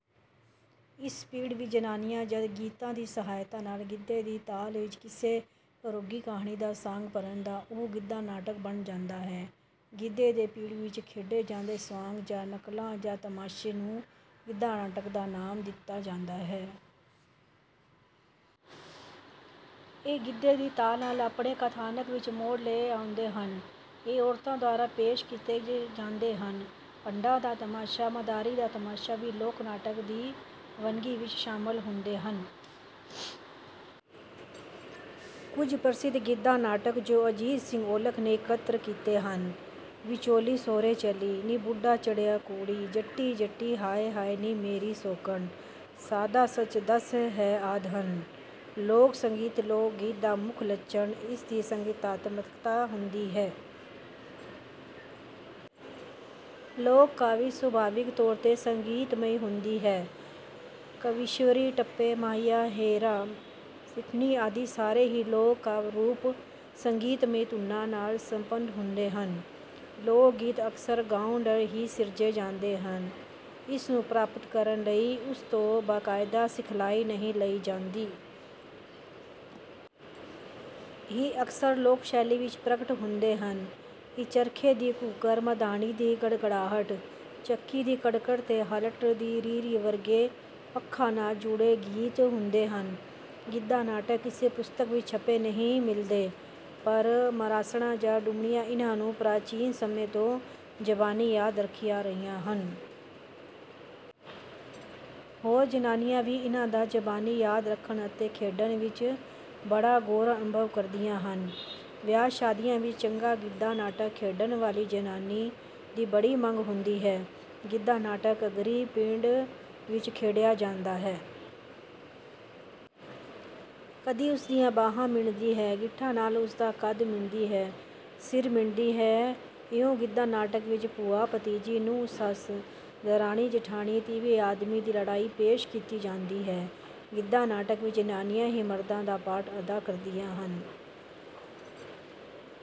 ਇਸ ਪਿੜ ਵਿੱਚ ਜ਼ਨਾਨੀਆਂ ਜਦ ਗੀਤਾਂ ਦੀ ਸਹਾਇਤਾ ਨਾਲ ਗਿੱਧੇ ਦੀ ਤਾਲ ਵਿੱਚ ਕਿਸੇ ਘਰੋਗੀ ਕਹਾਣੀ ਦਾ ਸਾਂਗ ਭਰਨ ਤਾਂ ਉਹ 'ਗਿੱਧਾ-ਨਾਟਕ' ਬਣ ਜਾਂਦਾ ਹੈ। ਗਿੱਧੇ ਦੇ ਪਿੜ ਵਿੱਚ ਖੇਡੇ ਜਾਂਦੇ ਸਵਾਂਗ ਜਾਂ ਨਕਲਾਂ ਜਾਂ ਤਮਾਸ਼ੇ ਨੂੰ ਗਿੱਧਾ-ਨਾਟਕ ਦਾ ਨਾਮ ਦਿੱਤਾ ਜਾਂਦਾ ਹੈ। ਇਹ ਗਿੱਧੇ ਦੀ ਤਾਲ ਨਾਲ ਆਪਣੇ ਕਥਾਨਕ ਵਿੱਚ ਮੋੜ ਲੈ ਆਉਂਦੇ ਹਨ। ਇਹ ਔਰਤਾਂ ਦੁਆਰਾ ਪੇਸ਼ ਕੀਤੇ ਜਾਂਦੇ ਹਨ। ਭੰਡਾਂ ਦਾ ਤਮਾਸ਼ਾ, ਮਦਾਰੀ ਦਾ ਤਮਾਸ਼ਾ ਵੀ ਲੋਕ-ਨਾਟਕ ਦੀ ਵੰਨਗੀ ਵਿੱਚ ਸ਼ਾਮਲ ਹੁੰਦੇ ਹਨ। ਕੁਝ ਪ੍ਰਸਿੱਧ ਗਿੱਧਾ-ਨਾਟਕ ਜੋ ਅਜੀਤ ਸਿੰਘ ਔਲਖ ਨੇ ਇਕੱਤਰ ਕੀਤੇ ਹਨ; ਵਚੋਲੀ ਸਹੁਰੇ ਚਲੀ, ਨੀ ਬੁੱਢਾ ਚੜ੍ਹਿਆ ਘੋੜੀ, ਜੱਟੀ-ਜੱਟੀ, ਹਾਏ-ਹਾਏ ਨੀ ਮੇਰੀ ਸੌਕਣ, ਸਾਧਾ ਸੱਚ ਦੱਸ ਵੇ ਆਦਿ ਹਨ। ਲੋਕ-ਸੰਗੀਤ :- ਲੋਕ-ਗੀਤ ਦਾ ਮੁੱਖ ਲੱਛਣ ਇਸ ਦੀ ਸੰਗੀਤਾਤਮਕਤਾ ਹੁੰਦੀ ਹੈ। ਲੋਕ-ਕਾਵਿ ਸੁਭਾਵਿਕ ਤੌਰ 'ਤੇ ਸੰਗੀਤਮਈ ਹੁੰਦੀ ਹੈ। 'ਕਵੀਸ਼ਰੀ, ਟੱਪੇ, ਮਾਹੀਆਂ, ਹੇਅਰਾ, ਸਿੱਠਣੀ ਆਦਿ ਸਾਰੇ ਹੀ ਲੋਕ-ਕਾਵਿ ਰੂਪ ਸੰਗੀਤਮਈ ਧੁਨਾਂ ਨਾਲ ਸੰਪੰਨ ਹੁੰਦੇ ਹਨ। ਲੋਕ-ਗੀਤ ਅਕਸਰ ਗਾਉਣ ਲਈ ਹੀ ਸਿਰਜੇ ਜਾਂਦੇ ਹਨ। ਇਸ ਨੂੰ ਪ੍ਰਾਪਤ ਕਰਨ ਲਈ ਉਸ ਤੋਂ ਬਾਕਾਇਦਾ ਸਿਖਲਾਈ ਨਹੀਂ ਲਈ ਜਾਂਦੀ। "ਇਹ ਅਕਸਰ ਲੋਕ-ਸ਼ੈਲੀ ਵਿੱਚ ਪ੍ਰਗਟ ਹੁੰਦੇ ਹਨ। ਇਹ ਚਰਖੇ ਦੀ ਘੂਕਰ, ਮਧਾਣੀ ਦੀ ਗੜਗੜਾਹਟ, ਚੱਕੀ ਦੀ ਕੜ-ਕੜ ਤੇ ਹਲਟ ਦੀ ਰੀਂ-ਰੀਂ ਵਰਗੇ ਪੱਖਾਂ ਨਾਲ ਜੁੜੇ ਗੀਤ ਹੁੰਦੇ ਹਨ।" ਗਿੱਧਾ-ਨਾਟਕ ਕਿਸੇ ਪੁਸਤਕ ਵਿੱਚ ਛਪੇ ਨਹੀਂ ਮਿਲਦੇ, ਪਰ ਮਰਾਸਣਾਂ ਜਾਂ ਡੂਮਣੀਆਂ ਇਹਨਾਂ ਨੂੰ ਪ੍ਰਾਚੀਨ ਸਮੇਂ ਤੋਂ ਜ਼ਬਾਨੀ ਯਾਦ ਰੱਖੀ ਆ ਰਹੀਆਂ ਹਨ। ਹੋਰ ਜ਼ਨਾਨੀਆਂ ਵੀ ਇਹਨਾਂ ਨੂੰ ਜ਼ਬਾਨੀ ਯਾਦ ਰੱਖਣ ਅਤੇ ਖੇਡਣ ਵਿੱਚ ਬੜਾ ਗੌਰਵ ਅਨੁਭਵ ਕਰਦੀਆਂ ਹਨ। ਵਿਆਹ-ਸ਼ਾਦੀਆਂ ਵਿੱਚ ਚੰਗਾ ਗਿੱਧਾ-ਨਾਟਕ ਖੇਡਣ ਵਾਲੀ ਜ਼ਨਾਨੀ ਦੀ ਬੜੀ ਮੰਗ ਹੁੰਦੀ ਹੈ। ਗਿੱਧਾ-ਨਾਟਕ ਘੱਗਰੀ-ਪਿੰਡ ਵਿੱਚ ਖੇਡਿਆ ਜਾਂਦਾ ਹੈ। ਕਦੀ ਉਸ ਦੀਆਂ ਬਾਂਹਾਂ ਮਿਣਦੀ ਹੈ, ਗਿੱਠਾਂ ਨਾਲ ਉਸ ਦਾ ਕੱਦ ਮਿਣਦੀ ਹੈ, ਸਿਰ ਮਿਣਦੀ ਹੈ। ਇਉਂ ਗਿੱਧਾ-ਨਾਟਕ ਵਿੱਚ ਭੂਆ-ਭਤੀਜੀ, ਨੂੰਹ-ਸੱਸ, ਦਰਾਣੀ-ਜਠਾਣੀ, ਤੀਵੀਂ-ਆਦਮੀ ਦੀ ਲੜਾਈ ਪੇਸ਼ ਕੀਤੀ ਜਾਂਦੀ ਹੈ। ਗਿੱਧਾ-ਨਾਟਕ ਵਿੱਚ ਜ਼ਨਾਨੀਆਂ ਹੀ ਮਰਦਾਂ ਦਾ ਪਾਰਟ ਅਦਾ ਕਰਦੀਆਂ ਹਨ।